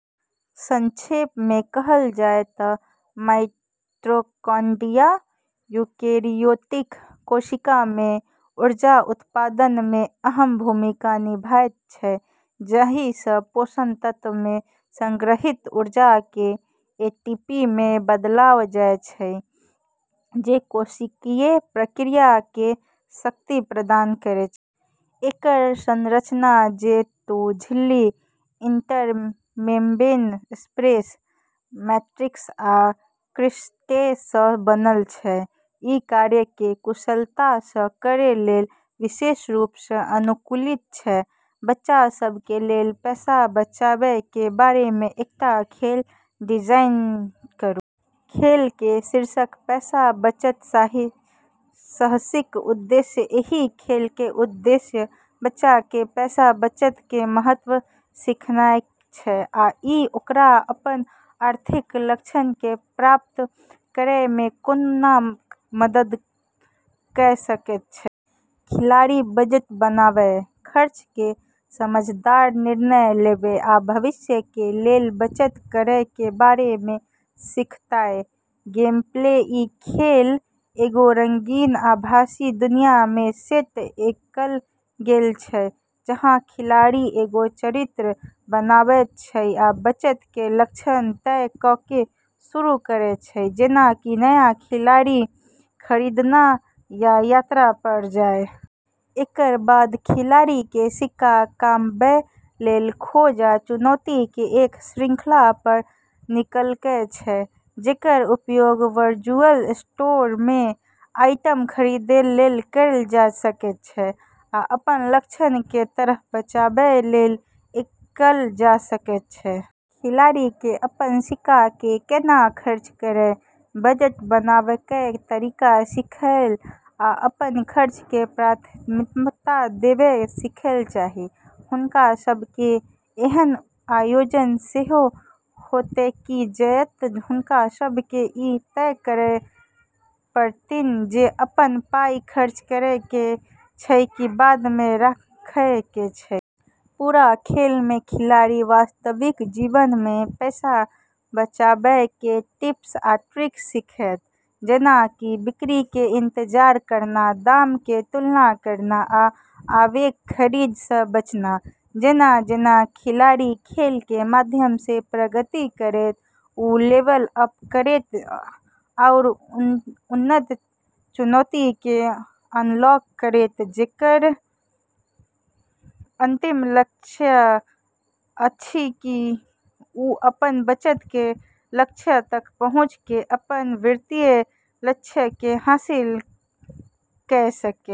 संक्षेप मे कहल जाय त' माइटोकॉन्ड्रिया यूकेरियोटिक कोशिका मे ऊर्जा उत्पादन मे अहम भूमिका निभाबैत अछि, जाहि सँ पोषक तत्व मे संग्रहीत ऊर्जा के एटीपी मे बदलल जाय छै, जे कोशिकीय प्रक्रिया के शक्ति प्रदान करैत अछि। एकर संरचना, जे दू झिल्ली, इंटरमेम्ब्रेन स्पेस, मैट्रिक्स आ क्रिस्टे सँ बनल छै, ई कार्य के कुशलता सँ करै लेल विशेष रूप सँ अनुकूलित छै। बच्चा सब के लेल पैसा बचाबय के बारे मे एकटा खेल डिजाइन करू। खेल के शीर्षक: पैसा-बचत साहसिक। उद्देश्य: एहि खेल के उद्देश्य बच्चा के पैसा बचत के महत्व सिखानाय अछि आ इ ओकरा अपन आर्थिक लक्ष्य के प्राप्त करय मे कोना मदद कए सकैत अछि। खिलाड़ी बजट बनाबय, खर्च के समझदार निर्णय लेबय, आ भविष्य के लेल बचत करय के बारे मे सीखताह। गेमप्ले: ई खेल एगो रंगीन आभासी दुनिया मे सेट कएल गेल अछि, जहाँ खिलाड़ी एगो चरित्र बनाबैत अछि आ बचत के लक्ष्य तय क' क' शुरू करैत अछि, जेना कि नया खिलौना खरीदना या यात्रा पर जाय। एकर बाद खिलाड़ी के सिक्का कमाबय लेल खोज आ चुनौती के एक श्रृंखला पर निकलय छै, जेकर उपयोग वर्चुअल स्टोर मे आइटम खरीदै लेल कएल जा सकैत अछि या अपन लक्ष्य के तरफ बचाबय लेल कएल जा सकैत अछि। खिलाड़ी के अपन सिक्का के कोना खर्च करय, बजट बनाबय के तरीका सीखय आ अपन खर्च के प्राथमिकता देबय सीखय चाही। हुनका सब के एहन आयोजन सेहो होएतन्हि जतय हुनका सब के ई तय करय पड़तन्हि जे अपन पाई खर्च करय के अछि कि बाद मे राखय के अछि। पूरा खेल मे खिलाड़ी वास्तविक जीवन मे पैसा बचाबय के टिप्स आ ट्रिक सीखतै, जेना कि बिक्री के इंतजार करना, दाम के तुलना करना, आ आवेग खरीद सँ बचना। जेना-जेना खिलाड़ी खेल के माध्यम सँ प्रगति करतै, वू लेवल अप करतै आओर उन्नत चुनौती के अनलॉक करतै, जेकर अंतिम लक्ष्य अछि कि वू अपन बचत के लक्ष्य तक पहुँचि क' अपन वित्तीय लक्ष्य के हासिल कए सकै।